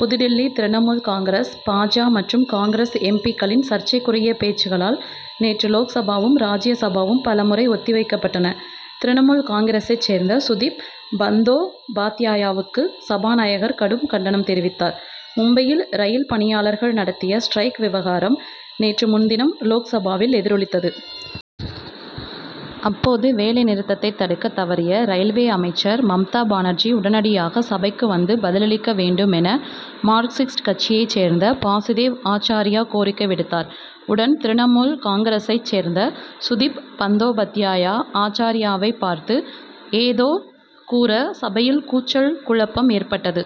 புதுடில்லி திரிணமுல் காங்கிரஸ் பா. ஜ. மற்றும் காங்கிரஸ் எம். பி.க்களின் சர்ச்சைக்குரிய பேச்சுக்களால் நேற்று லோக்சபாவும் ராஜ்ய சபாவும் பல முறை ஒத்தி வைக்கப்பட்டன. திரிணமுல் காங்கிரசைச் சேர்ந்த சுதிப் பந்தோபாத்யாயாவுக்கு சபாநாயகர் கடும் கண்டனம் தெரிவித்தார். மும்பையில் ரயில் பணியாளர்கள் நடத்திய ஸ்டிரைக் விவகாரம் நேற்று முன்தினம் லோக்சபாவில் எதிரொலித்தது. அப்போது வேலை நிறுத்தத்தை தடுக்கத் தவறிய ரயில்வே அமைச்சர் மம்தா பானர்ஜி உடனடியாக சபைக்கு வந்து பதிலளிக்க வேண்டும் என மார்க்சிஸ்ட் கட்சியைச் சேர்ந்த பாசுதேவ் ஆச்சார்யா கோரிக்கை விடுத்தார். உடன் திரிணமுல் காங்கிரசைச் சேர்ந்த சுதிப் பந்தோபாத்யாயா ஆச்சார்யாவைப் பார்த்து ஏதோ கூற சபையில் கூச்சல் குழப்பம் ஏற்பட்டது.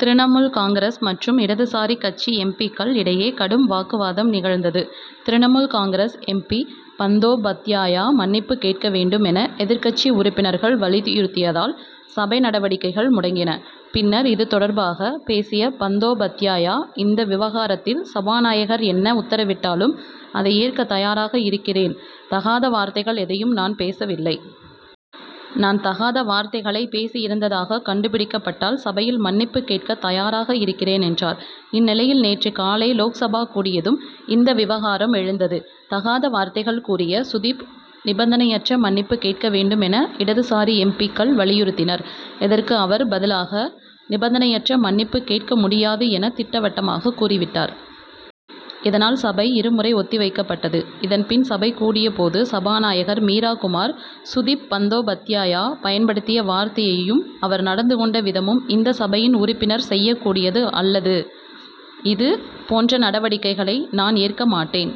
திரிணமுல் காங்கிரஸ் மற்றும் இடதுசாரி கட்சி எம். பி.க்கள் இடையே கடும் வாக்குவாதம் நிகழ்ந்தது. திரிணமுல் காங்கிரஸ் எம். பி. பந்தோபாத்யாயா மன்னிப்பு கேட்க வேண்டும் என எதிர்க்கட்சி உறுப்பினர்கள் வலியுறுத்தியதால் சபை நடவடிக்கைகள் முடங்கின. பின்னர் இது தொடர்பாக பேசிய பந்தோபாத்யாயா இந்த விவகாரத்தில் சபாநாயகர் என்ன உத்தரவிட்டாலும் அதை ஏற்க தயாராக இருக்கிறேன் தகாத வார்த்தைகள் எதையும் நான் பேசவில்லை. நான் தகாத வார்த்தைகளை பேசியிருந்ததாக கண்டுபிடிக்கப்பட்டால் சபையில் மன்னிப்பு கேட்கத் தயாராக இருக்கிறேன் என்றார். இந்நிலையில் நேற்று காலை லோக்சபா கூடியதும் இந்த விவகாரம் எழுந்தது. தகாத வார்த்தைகள் கூறிய சுதிப் நிபந்தனையற்ற மன்னிப்பு கேட்க வேண்டும் என இடதுசாரி எம். பி.க்கள் வலியுறுத்தினர். இதற்கு அவர் பதிலாக நிபந்தனையற்ற மன்னிப்பு கேட்க முடியாது என திட்டவட்டமாகக் கூறிவிட்டார். இதனால் சபை இரு முறை ஒத்தி வைக்கப்பட்டது. இதன் பின் சபை கூடியபோது சபாநாயகர் மீரா குமார் சுதிப் பந்தோபாத்யாயா பயன்படுத்திய வார்த்தையும் அவர் நடந்து கொண்ட விதமும் இந்த சபையின் உறுப்பினர் செய்யக் கூடியது அல்லது இது போன்ற நடவடிக்கைகளை நான் ஏற்க மாட்டேன்.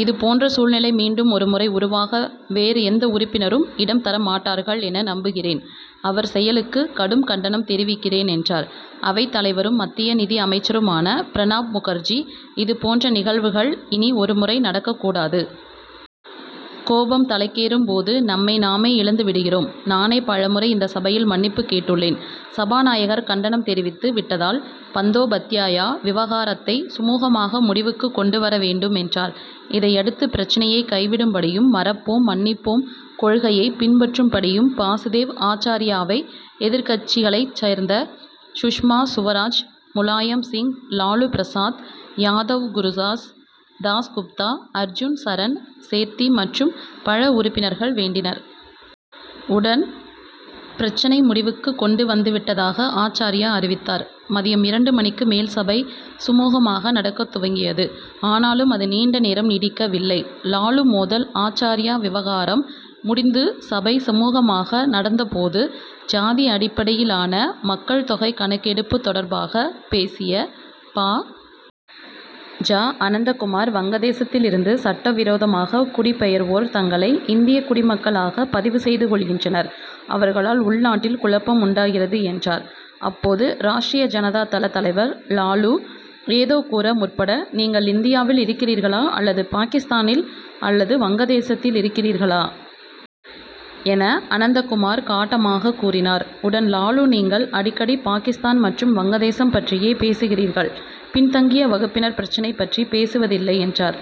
இது போன்ற சூழ்நிலை மீண்டும் ஒரு முறை உருவாக வேறு எந்த உறுப்பினரும் இடம் தர மாட்டார்கள் என நம்புகிறேன். அவர் செயலுக்கு கடும் கண்டனம் தெரிவிக்கிறேன் என்றார். அவைத் தலைவரும் மத்திய நிதி அமைச்சருமான பிரணாப் முகர்ஜி இதுபோன்ற நிகழ்வுகள் இனி ஒரு முறை நடக்கக்கூடாது. கோபம் தலைக்கேறும் போது நம்மை நாமே இழந்து விடுகிறோம். நானே பல முறை இந்த சபையில் மன்னிப்பு கேட்டுள்ளேன். சபாநாயகர் கண்டனம் தெரிவித்து விட்டதால் பந்தோபத்யாயா விவகாரத்தை சுமூகமாக முடிவுக்கு கொண்டு வர வேண்டும் என்றார். இதையடுத்து பிரச்னையை கைவிடும்படியும் மறப்போம் மன்னிப்போம் கொள்கையை பின்பற்றும்படியும் பாசுதேவ் ஆச்சார்யாவை எதிர்க்கட்சிகளைச் சேர்ந்த சுஷ்மா சுவராஜ் முலாயம் சிங் லாலு பிரசாத் யாதவ் குருதாஸ் தாஸ் குப்தா அர்ஜுன் சரண் சேத்தி மற்றும் பல உறுப்பினர்கள் வேண்டினர். உடன் பிரச்னை முடிவுக்கு கொண்டு வந்துவிட்டதாக ஆச்சார்யா அறிவித்தார். மதியம் இரண்டு மணிக்கு மேல் சபை சுமூகமாக நடக்கத் துவங்கியது. ஆனாலும் அது நீண்ட நேரம் நீடிக்கவில்லை. லாலு மோதல் ஆச்சார்யா விவகாரம் முடிந்து சபை சுமூகமாக நடந்த போது ஜாதி அடிப்படையிலான மக்கள் தொகை கணக்கெடுப்பு தொடர்பாக பேசிய பா. ஜ. அனந்தகுமார் வங்கதேசத்தில் இருந்து சட்ட விரோதமாக குடிபெயர்வோர் தங்களை இந்திய குடிமக்களாக பதிவு செய்து கொள்கின்றனர். அவர்களால் உள்நாட்டில் குழப்பம் உண்டாகிறது என்றார். அப்போது ராஷ்டிரிய ஜனதா தள தலைவர் லாலு ஏதோ கூற முற்பட நீங்கள் இந்தியாவில் இருக்கிறீர்களா அல்லது பாகிஸ்தானில் அல்லது வங்கதேசத்தில் இருக்கிறீர்களா? என அனந்தகுமார் காட்டமாகக் கூறினார். உடன் லாலு நீங்கள் அடிக்கடி பாகிஸ்தான் மற்றும் வங்கதேசம் பற்றியே பேசுகிறீர்கள் பின்தங்கிய வகுப்பினர் பிரச்னை பற்றி பேசுவதில்லை என்றார்.